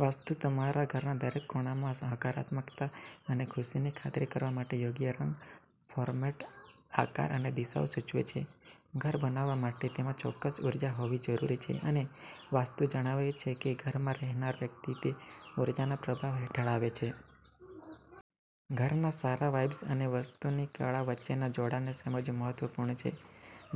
વાસ્તુ તમારા ઘરના દરેક ખૂણામાં હકારાત્મકતા અને ખુશીની ખાતરી કરવા માટે યોગ્ય રંગ, ફોર્મેટ, આકાર અને દિશાઓ સૂચવે છે. ઘર બનાવવા માટે તેમાં ચોક્કસ ઉર્જા હોવી જરૂરી છે અને વાસ્તુ જણાવે છે કે ઘરમાં રહેનાર વ્યક્તિ તે ઉર્જાનાં પ્રભાવ હેઠળ આવે છે. ઘરના સારા વાઇબ્સ અને વસ્તુની કળા વચ્ચેના જોડાણને સમજવું મહત્વપૂર્ણ છે.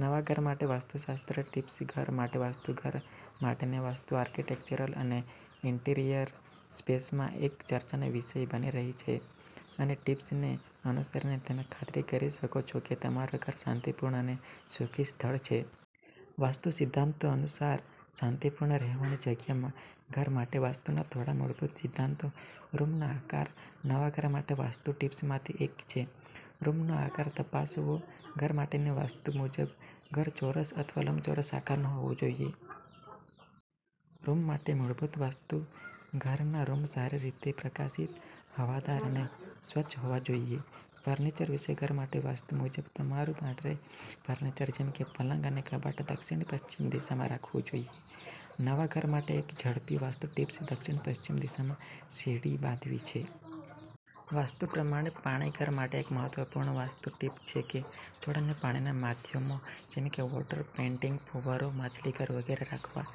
નવા ઘર માટે વાસ્તુશાસ્ત્ર ટિપ્સઘર માટે વાસ્તુ ઘર માટેની વાસ્તુ આર્કિટેક્ચરલ અને ઈન્ટિરિયર સ્પેસમાં એક ચર્ચાનો વિષય બની રહી છે અનેટિપ્સને અનુસરીને, તમે ખાતરી કરી શકો છો કે તમારું ઘર શાંતિપૂર્ણ અને સુખી સ્થળ છે. વસ્તુ સિદ્ધાંતો અનુસાર શાંતિપૂર્ણ રહેવાની જગ્યામાં ઘર માટે વાસ્તુના થોડા મૂળભૂત સિદ્ધાંતો રૂમનો આકાર નવા ઘર માટે વાસ્તુ ટિપ્સમાંથી એક છે રૂમનો આકાર તપાસવો. ઘર માટેની વાસ્તુ મુજબ ઘર ચોરસ અથવા લંબચોરસ આકારનું હોવું જોઈએ. રૂમ માટે મૂળભૂત વાસ્તુઃ ઘરના રૂમ સારી રીતે પ્રકાશિત, હવાદાર અને સ્વચ્છ હોવા જોઈએ. ફર્નિચર વિશે ઘર માટે વાસ્તુ મુજબ, તમારું ભારે ફર્નિચર જેમ કે પલંગ અને કબાટ દક્ષિણ-પશ્ચિમ દિશામાં રાખવું જોઈએ. નવા ઘર માટે એક ઝડપી વાસ્તુ ટીપ્સ દક્ષિણ-પશ્ચિમ દિશામાં સીડી બાંધવી છે. વાસ્તુ પ્રમાણે પાણીઘર માટે એક મહત્વપૂર્ણ વાસ્તુ ટીપછે કે છોડ અને પાણીના માધ્યમો જેમ કે વોટર પેઈન્ટીંગ, ફુવારો, માછલીઘર વગેરે રાખવા.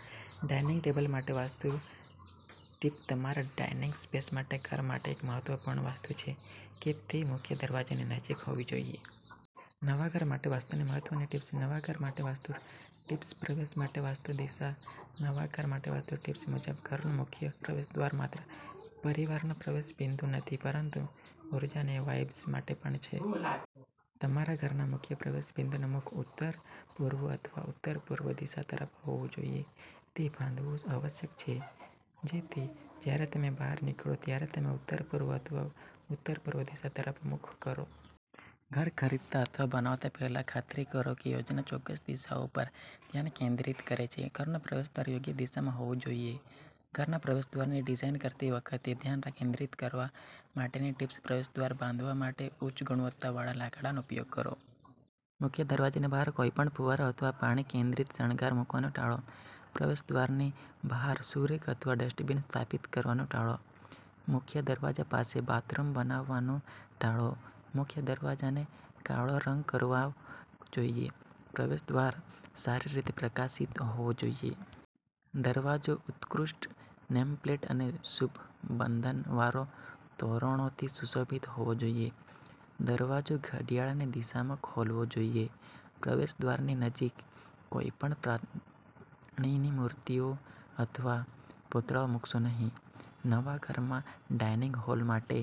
ડાઇનિંગ ટેબલ માટે વાસ્તુ ટીપતમારા ડાઇનિંગ સ્પેસ માટે ઘર માટે એક મહત્વપૂર્ણ વાસ્તુછે કે તે મુખ્ય દરવાજાની નજીકહોવી જોઈએ. નવા ઘર માટે વાસ્તુની મહત્વની ટિપ્સ. નવા ઘર માટે વાસ્તુ ટિપ્સપ્રવેશ માટે વાસ્તુ દિશા નવા ઘર માટે વાસ્તુ ટિપ્સ મુજબ, ઘરનું મુખ્ય પ્રવેશદ્વારમાત્ર પરિવારનો પ્રવેશ બિંદુનથી, પરંતુ ઊર્જા અને વાઇબ્સ માટે પણ છે. તમારા ઘરના મુખ્ય પ્રવેશ બિંદુનું મુખ ઉત્તર, પૂર્વ અથવા ઉત્તર-પૂર્વ દિશા તરફ હોવું જોઈએ. તે બાંધવું અવશ્યક છે જેથી જ્યારે તમે બહાર નીકળો ત્યારે તમે ઉત્તર, પૂર્વ અથવા ઉત્તરપૂર્વ દિશા તરફ મુખ કરો. ઘર ખરીદતા અથવા બનાવતા પહેલા, ખાતરી કરો કે યોજનાચોક્કસ દિશાઓ પર ધ્યાન કેન્દ્રિત કરે છે. ઘરનું પ્રવેશદ્વાર યોગ્ય દિશામાં હોવું જોઈએ ઘરના પ્રવેશદ્વારને ડિઝાઇન કરતી વખતે ધ્યાન કેન્દ્રિત કરવા માટેની ટીપ્સપ્રવેશદ્વાર બાંધવા માટે ઉચ્ચ ગુણવત્તાવાળા લાકડાનો ઉપયોગ કરો. મુખ્ય દરવાજાની બહાર કોઈપણ ફુવારો અથવા પાણી કેન્દ્રિત શણગાર મૂકવાનું ટાળો. પ્રવેશદ્વારની બહાર શૂ રેક અથવા ડસ્ટબિન સ્થાપિત કરવાનું ટાળો. મુખ્ય દરવાજા પાસે બાથરૂમ બનાવવાનું ટાળો. મુખ્ય દરવાજાને કાળો રંગકરવા જોઈએ. પ્રવેશદ્વાર સારી રીતે પ્રકાશિત હોવો જોઈએ. દરવાજો ઉત્કૃષ્ટ નેમપ્લેટ અને શુભ બંધનવારો, તોરણોથી સુશોભિત હોવો જોઈએ. દરવાજો ઘડિયાળની દિશામાં ખોલવો જોઈએ. પ્રવેશદ્વારની નજીક કોઈપણ પ્રાણીની મૂર્તિઓ અથવા પૂતળાઓ મૂકશો નહીં. નવા ઘરમાં ડાઇનિંગ હોલ માટે